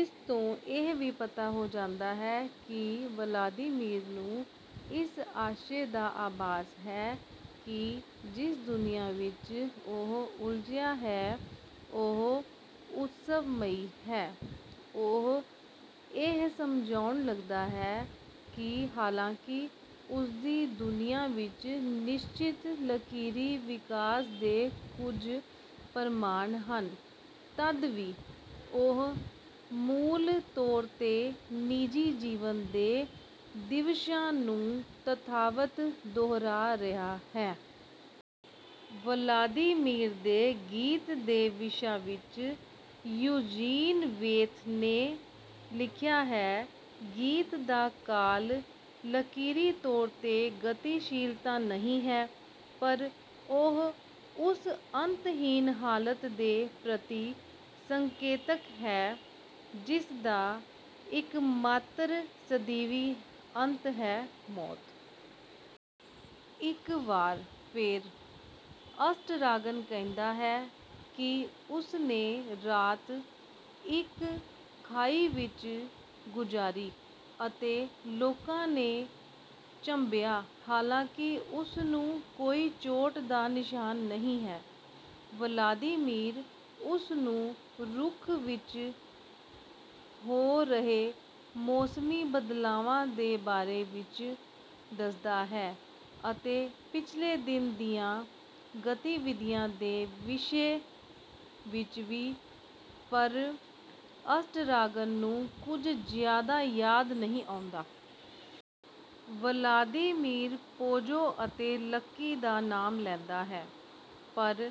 ਇਸਤੋਂ ਇਹ ਵੀ ਪਤਾ ਹੋ ਜਾਂਦਾ ਹੈ ਕਿ ਵਲਾਦੀਮੀਰ ਨੂੰ ਇਸ ਆਸ਼ੇ ਦਾ ਆਭਾਸ ਹੈ ਕਿ ਜਿਸ ਦੁਨੀਆਂ ਵਿੱਚ ਉਹ ਉਲਝਿਆ ਹੈ, ਉਹ ਉਤਸਵਮਈ ਹੈ। ਉਹ ਇਹ ਸਮਝਾਉਣ ਲੱਗਦਾ ਹੈ ਕਿ ਹਾਲਾਂਕਿ ਉਸਦੀ ਦੁਨੀਆਂ ਵਿੱਚ ਨਿਸ਼ਚਿਤ ਲਕੀਰੀ ਵਿਕਾਸ ਦੇ ਕੁੱਝ ਪ੍ਰਮਾਣ ਹਨ ਤਦ ਵੀ ਉਹ ਮੂਲ ਤੌਰ ਤੇ ਨਿਜੀ ਜੀਵਨ ਦੇ ਦਿਵਸਾਂ ਨੂੰ ਤਥਾਵਤ ਦੋਹਰਾ ਰਿਹਾ ਹੈ। ਵਲਾਦੀਮੀਰ ਦੇ ਗੀਤ ਦੇ ਵਿਸ਼ਾ ਵਿੱਚ ਯੂਜੀਨ ਵੇਬ ਨੇ ਲਿਖਿਆ ਹੈ: ਗੀਤ ਦਾ ਕਾਲ ਲਕੀਰੀ ਤੌਰ ਤੇ ਗਤੀਸ਼ੀਲ ਤਾਂ ਨਹੀਂ ਹੈ, ਪਰ ਉਹ ਉਸ ਅੰਤਹੀਨ ਹਾਲਤ ਦੇ ਪ੍ਰਤੀ ਸੰਕੇਤਕ ਹੈ ਜਿਸਦਾ ਇੱਕਮਾਤਰ ਸਦੀਵੀ ਅੰਤ ਹੈ: ਮੌਤ। ਇੱਕ ਵਾਰ ਫੇਰ ਅਸਟਰਾਗਨ ਕਹਿੰਦਾ ਹੈ ਕਿ ਉਸਨੇ ਰਾਤ ਇੱਕ ਖਾਈ ਵਿੱਚ ਗੁਜ਼ਾਰੀ ਅਤੇ ਲੋਕਾਂ ਨੇ ਝੰਬਿਆ ਹਾਲਾਂਕਿ ਉਸਨੂੰ ਕੋਈ ਚੋਟ ਦਾ ਨਿਸ਼ਾਨ ਨਹੀਂ ਹੈ। ਵਲਾਦੀਮੀਰ ਉਹਨੂੰ ਰੁੱਖ ਵਿੱਚ ਹੋ ਰਹੇ ਮੌਸਮੀ ਬਦਲਾਵਾਂ ਦੇ ਬਾਰੇ ਵਿੱਚ ਦੱਸਦਾ ਹੈ ਅਤੇ ਪਿਛਲੇ ਦਿਨ ਦੀਆਂ ਗਤੀਵਿਧੀਆਂ ਦੇ ਵਿਸ਼ੇ ਵਿੱਚ ਵੀ, ਪਰ ਅਸਟਰਾਗਨ ਨੂੰ ਕੁੱਝ ਜਿਆਦਾ ਯਾਦ ਨਹੀਂ ਆਉਂਦਾ। ਵਲਾਦੀਮੀਰ ਪੋਜੋ ਅਤੇ ਲੱਕੀ ਦਾ ਨਾਮ ਲੈਂਦਾ ਹੈ ਪਰ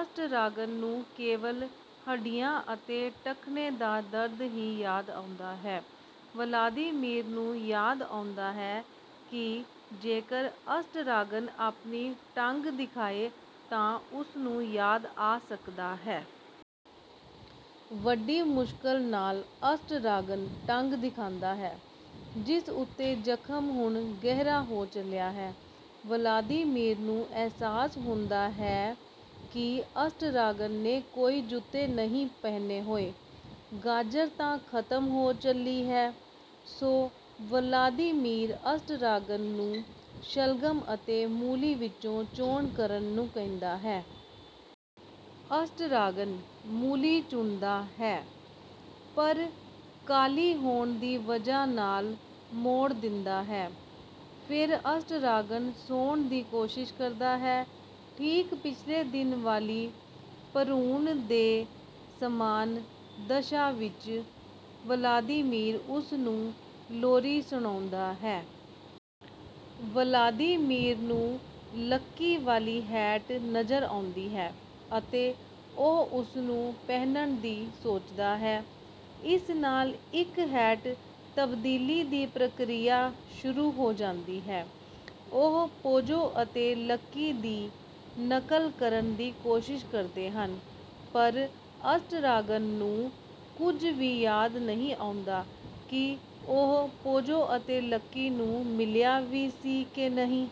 ਅਸਟਰਾਗਨ ਨੂੰ ਕੇਵਲ ਹੱਡੀਆਂ ਅਤੇ ਟਖਨੇ ਦਾ ਦਰਦ ਹੀ ਯਾਦ ਆਉਂਦਾ ਹੈ। ਵਲਾਦੀਮੀਰ ਨੂੰ ਯਾਦ ਆਉਂਦਾ ਹੈ ਕਿ ਜੇਕਰ ਅਸਟਰਾਗਨ ਆਪਣੀ ਟੰਗ ਦਿਖਾਏ ਤਾਂ ਉਸਨੂੰ ਯਾਦ ਆ ਸਕਦਾ ਹੈ। ਵੱਡੀ ਮੁਸ਼ਕਲ ਨਾਲ ਅਸਟਰਾਗਨ ਟੰਗ ਦਿਖਾਂਦਾ ਹੈ ਜਿਸ ਉੱਤੇ ਜਖਮ ਹੁਣ ਗਹਿਰਾ ਹੋ ਚਲਿਆ ਹੈ। ਵਲਾਦੀਮੀਰ ਨੂੰ ਅਹਿਸਾਸ ਹੁੰਦਾ ਹੈ ਕਿ ਅਸਟਰਾਗਨ ਨੇ ਕੋਈ ਜੁੱਤੇ ਨਹੀਂ ਪਹਿਨੇ ਹੋਏ। ਗਾਜਰ ਤਾਂ ਖ਼ਤਮ ਹੋ ਚੱਲੀ ਹੈ ਸੋ ਵਲਾਦੀਮੀਰ ਅਸਟਰਾਗਨ ਨੂੰ ਸ਼ਲਗਮ ਅਤੇ ਮੂਲੀ ਵਿੱਚੋਂ ਚੋਣ ਕਰਨ ਨੂੰ ਕਹਿੰਦਾ ਹੈ। ਅਸਟਰਾਗਨ ਮੂਲੀ ਚੁਣਦਾ ਹੈ ਪਰ ਕਾਲੀ ਹੋਣ ਦੀ ਵਜ੍ਹਾ ਨਾਲ ਮੋੜ ਦਿੰਦਾ ਹੈ। ਫਿਰ ਅਸਟਰਾਗਨ ਸੌਣ ਦੀ ਕੋਸ਼ਿਸ਼ ਕਰਦਾ ਹੈ ਠੀਕ ਪਿਛਲੇ ਦਿਨ ਵਾਲੀ ਭਰੂਣ ਦੇ ਸਮਾਨ ਦਸ਼ਾ ਵਿੱਚ। ਵਲਾਦੀਮੀਰ ਉਸਨੂੰ ਲੋਰੀ ਸੁਣਾਉਂਦਾ ਹੈ। ਵਲਾਦੀਮੀਰ ਨੂੰ ਲੱਕੀ ਵਾਲੀ ਹੈਟ ਨਜ਼ਰ ਆਉਂਦੀ ਹੈ ਅਤੇ ਉਹ ਉਸਨੂੰ ਪਹਿਨਣ ਦੀ ਸੋਚਦਾ ਹੈ। ਇਸ ਨਾਲ ਇੱਕ ਹੈਟ ਤਬਦੀਲੀ ਦੀ ਪ੍ਰਕਿਰਿਆ ਸ਼ੁਰੂ ਹੋ ਜਾਂਦੀ ਹੈ। ਉਹ ਪੋਜੋ ਅਤੇ ਲੱਕੀ ਦੀ ਨਕਲ ਕਰਨ ਦੀ ਕੋਸ਼ਿਸ਼ ਕਰਦੇ ਹਨ, ਪਰ ਅਸਟਰਾਗਨ ਨੂੰ ਕੁੱਝ ਵੀ ਯਾਦ ਨਹੀਂ ਆਉਂਦਾ ਕਿ ਉਹ ਪੋਜੋ ਅਤੇ ਲੱਕੀ ਨੂੰ ਮਿਲਿਆ ਵੀ ਸੀ ਕਿ ਨਹੀਂ।